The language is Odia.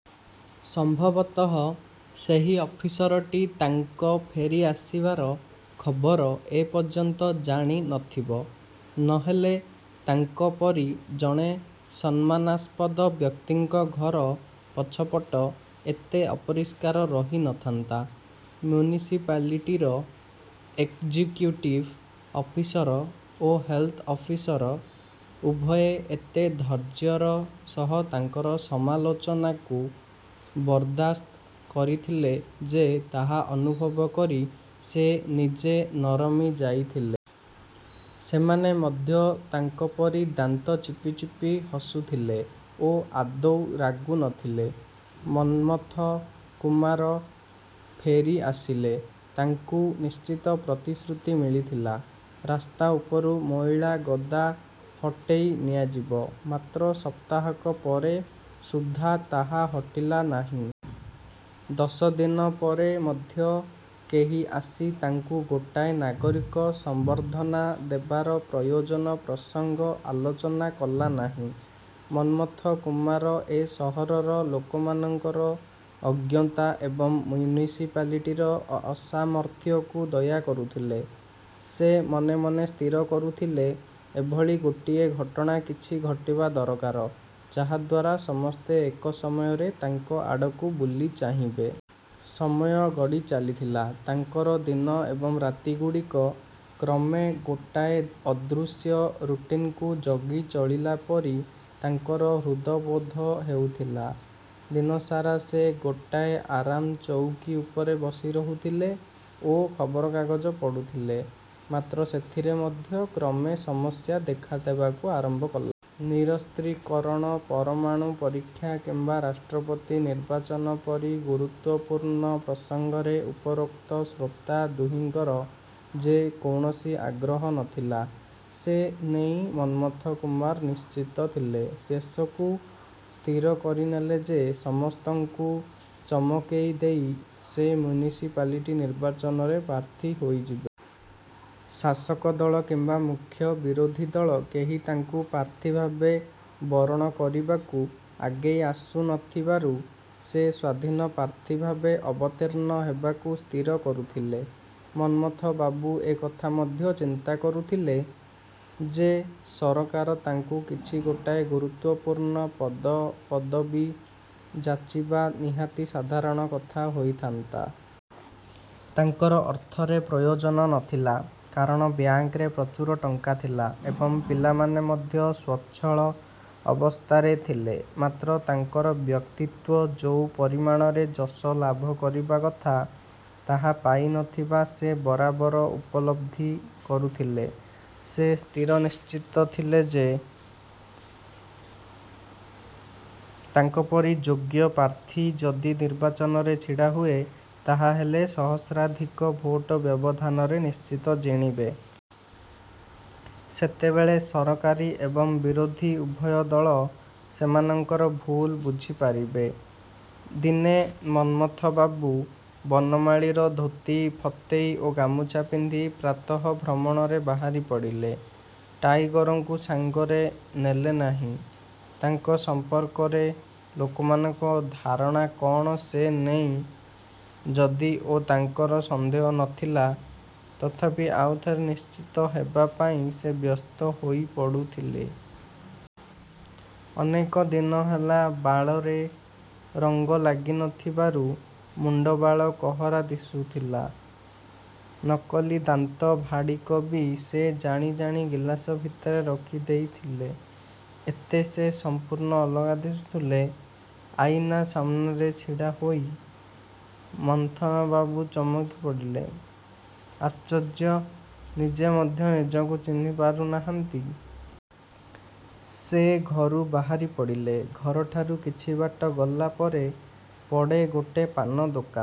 ସମ୍ଭବତଃ ସେହି ଅଫିସରଟି ତାଙ୍କ ଫେରି ଆସିବାର ଖବର ଏ ପର୍ଯ୍ୟନ୍ତ ଜାଣି ନଥିବ। ନହେଲେ ତାଙ୍କ ପରି ଜଣେ ସମ୍ମାନାସ୍ପଦ ବ୍ୟକ୍ତିଙ୍କ ଘର ପଛପଟ ଏତେ ଅପରିଷ୍କାର ରହି ନଥାନ୍ତା! ମ୍ୟୁନିସିପାଲିଟିର ଏକ୍‌ଜିକ୍ୟୁଟିଭ ଅଫିସର ଓ ହେଲ୍‌ଥ ଅଫିସର ଉଭୟେ ଏତେ ଧୈର୍ଯ୍ୟର ସହ ତାଙ୍କର ସମାଲୋଚନାକୁ ବରଦାସ୍ତ କରିଥିଲେ ଯେ ତାହା ଅନୁଭବ କରି ସେ ନିଜେ ନରମି ଯାଇଥିଲେ। ସେମାନେ ମଧ୍ୟ ତାଙ୍କ ପରି ଦାନ୍ତ ଚିପି ଚିପି ହସୁଥିଲେ ଓ ଆଦୌ ରାଗୁ ନଥିଲେ। ମନ୍ମଥ କୁମାର ଫେରି ଆସିଲେ। ତାଙ୍କୁ ନିଶ୍ଚିତ ପ୍ରତିଶ୍ରୁତି ମିଳିଥିଲା, ରାସ୍ତା ଉପରୁ ମଇଳା ଗଦା ହଟେଇ ନିଆଯିବ। ମାତ୍ର ସପ୍ତାହକ ପରେ ସୁଦ୍ଧା ତାହା ହଟିଲା ନାହିଁ। ଦଶ ଦିନ ପରେ ମଧ୍ୟ କେହି ଆସି ତାଙ୍କୁ ଗୋଟାଏ ନାଗରିକ ସମ୍ବର୍ଦ୍ଧନା ଦେବାର ପ୍ରୟୋଜନ ପ୍ରସଙ୍ଗ ଆଲୋଚନା କଲା ନାହିଁ। ମନ୍ମଥ କୁମାର ଏ ସହରର ଲୋକମାନଙ୍କର ଅଜ୍ଞତା ଏବଂ ମ୍ୟୁନିସିପାଲିଟିର ଅସାମର୍ଥ୍ୟକୁ ଦୟା କରୁଥିଲେ। ସେ ମନେ ମନେ ସ୍ଥିର କରୁଥିଲେ, ଏଭଳି ଗୋଟିଏ ଘଟଣା କିଛି ଘଟିବା ଦରକାର, ଯାହାଦ୍ୱାରା ସମସ୍ତେ ଏକ ସମୟରେ ତାଙ୍କ ଆଡ଼କୁ ବୁଲି ଚାହିଁବେ। ସମୟ ଗଡ଼ି ଚାଲିଥିଲା। ତାଙ୍କର ଦିନ ଏବଂ ରାତିଗୁଡ଼ିକ କ୍ରମେ ଗୋଟାଏ ଅଦୃଶ୍ୟ ରୁଟିନ୍‌କୁ ଜଗି ଚଳିଲା ପରି ତାଙ୍କର ହୃଦବୋଧ ହେଉଥିଲା। ଦିନସାରା ସେ ଗୋଟାଏ ଆରାମ ଚଉକୀ ଉପରେ ବସି ରହୁଥିଲେ ଓ ଖବରକାଗଜ ପଢ଼ୁଥିଲେ। ମାତ୍ର ସେଥିରେ ମଧ୍ୟ କ୍ରମେ ସମସ୍ୟା ଦେଖାଦେବାକୁ ଆରମ୍ଭ କଲା। ନିରସ୍ତ୍ରୀକରଣ, ପରମାଣୁ ପରୀକ୍ଷା କିମ୍ବା ରାଷ୍ଟ୍ରପତି ନିର୍ବାଚନ ପରି ଗୁରୁତ୍ୱପୂର୍ଣ୍ଣ ପ୍ରସଙ୍ଗରେ ଉପରୋକ୍ତ ଶ୍ରୋତା ଦୁହିଁଙ୍କର ଯେ କୌଣସି ଆଗ୍ରହ ନଥିଲା ସେ ନେଇ ମନ୍ମଥ କୁମାର ନିଶ୍ଚିତ ଥିଲେ। ଶେଷକୁ ସ୍ଥିର କରିନେଲେ ଯେ ସମସ୍ତଙ୍କୁ ଚମକେଇ ଦେଇ ସେ ମ୍ୟୁନିସିପାଲିଟି ନିର୍ବାଚନରେ ପ୍ରାର୍ଥୀ ହୋଇଯିବେ। ଶାସକ ଦଳ କିମ୍ବା ମୁଖ୍ୟ ବିରୋଧୀ ଦଳ କେହି ତାଙ୍କୁ ପ୍ରାର୍ଥୀ ଭାବେ ବରଣ କରିବାକୁ ଆଗେଇ ଆସୁ ନଥିବାରୁ ସେ ସ୍ୱାଧୀନ ପ୍ରାର୍ଥୀ ଭାବେ ଅବତୀର୍ଣ୍ଣ ହେବାକୁ ସ୍ଥିର କରୁଥିଲେ। ମନ୍ମଥ ବାବୁ ଏକଥା ମଧ୍ୟ ଚିନ୍ତା କରୁଥିଲେ ଯେ, ସରକାର ତାଙ୍କୁ କିଛି ଗୋଟାଏ ଗୁରୁତ୍ୱପୂର୍ଣ୍ଣ ପଦପଦବି ଯାଚିବା ନିହାତି ସାଧାରଣ କଥା ହୋଇଥାନ୍ତା। ତାଙ୍କର ଅର୍ଥରେ ପ୍ରୟୋଜନ ନଥିଲା, କାରଣ ବ୍ୟାଙ୍କରେ ପ୍ରଚୁର ଟଙ୍କା ଥିଲା ଏବଂ ପିଲାମାନେ ମଧ୍ୟ ସ୍ୱଚ୍ଛଳ ଅବସ୍ଥାରେ ଥିଲେ। ମାତ୍ର, ତାଙ୍କର ବ୍ୟକ୍ତିତ୍ୱ ଯୋଉ ପରିମାଣରେ ଯଶ ଲାଭ କରିବା କଥା ତାହା ପାଇନଥିବା ସେ ବରାବର ଉପଲବ୍ଧି କରୁଥିଲେ। ସେ ସ୍ଥିରନିଶ୍ଚିତ ଥିଲେ ଯେ ତାଙ୍କ ପରି ଯୋଗ୍ୟ ପ୍ରାର୍ଥୀ ଯଦି ନିର୍ବାଚନରେ ଛିଡ଼ା ହୁଏ, ତାହାହେଲେ ସହସ୍ରାଧିକ ଭୋଟ ବ୍ୟବଧାନରେ ନିଶ୍ଚିତ ଜିଣିବେ। ସେତେବେଳେ ସରକାରୀ ଏବଂ ବିରୋଧୀ ଉଭୟ ଦଳ ସେମାନଙ୍କର ଭୁଲ ବୁଝି ପାରିବେ। ଦିନେ ମନ୍ମଥବାବୁ ବନମାଳୀର ଧୋତି, ଫତେଇ ଓ ଗାମୁଛା ପିନ୍ଧି ପ୍ରାତଃଭ୍ରମଣରେ ବାହାରିପଡ଼ିଲେ। ଟାଇଗରକୁ ସାଙ୍ଗରେ ନେଲେ ନାହିଁ। ତାଙ୍କ ସଂପର୍କରେ ଲୋକମାନଙ୍କ ଧାରଣା କଣ ସେ ନେଇ ଯଦିଓ ତାଙ୍କର ସନ୍ଦେହ ନ ଥିଲା ତଥାପି ଆଉଥରେ ନିଶ୍ଚିତ ହେବା ପାଇଁ ସେ ବ୍ୟସ୍ତ ହୋଇପଡ଼ୁଥିଲେ। ଅନେକ ଦିନ ହେଲା ବାଳରେ ରଙ୍ଗ ଲାଗି ନଥିବାରୁ ମୁଣ୍ଡବାଳ କହରା ଦିଶୁଥିଲା। ନକଲି ଦାନ୍ତ ଭାଡ଼ିକ ବି ସେ ଜାଣି ଜାଣି ଗିଲାସ ଭିତରେ ରଖି ଦେଇଥିଲେ। ଏବେ ସେ ସଂପୂର୍ଣ୍ଣ ଅଲଗା ଦିଶୁଥିଲେ। ଆଇନା ସାମ୍ନାରେ ଛିଡ଼ାହୋଇ ମନ୍ମଥବାବୁ ଚମକିପଡ଼ିଲେ। ଆଶ୍ଚର୍ଯ୍ୟ, ନିଜେ ମଧ୍ୟ ନିଜକୁ ଚିହ୍ନି ପାରୁନାହାନ୍ତି! ସେ ଘରୁ ବାହାରି ପଡ଼ିଲେ। ଘରଠାରୁ କିଛିବାଟ ଗଲା ପରେ ପଡ଼େ ଗୋଟେ ପାନ ଦୋକାନ।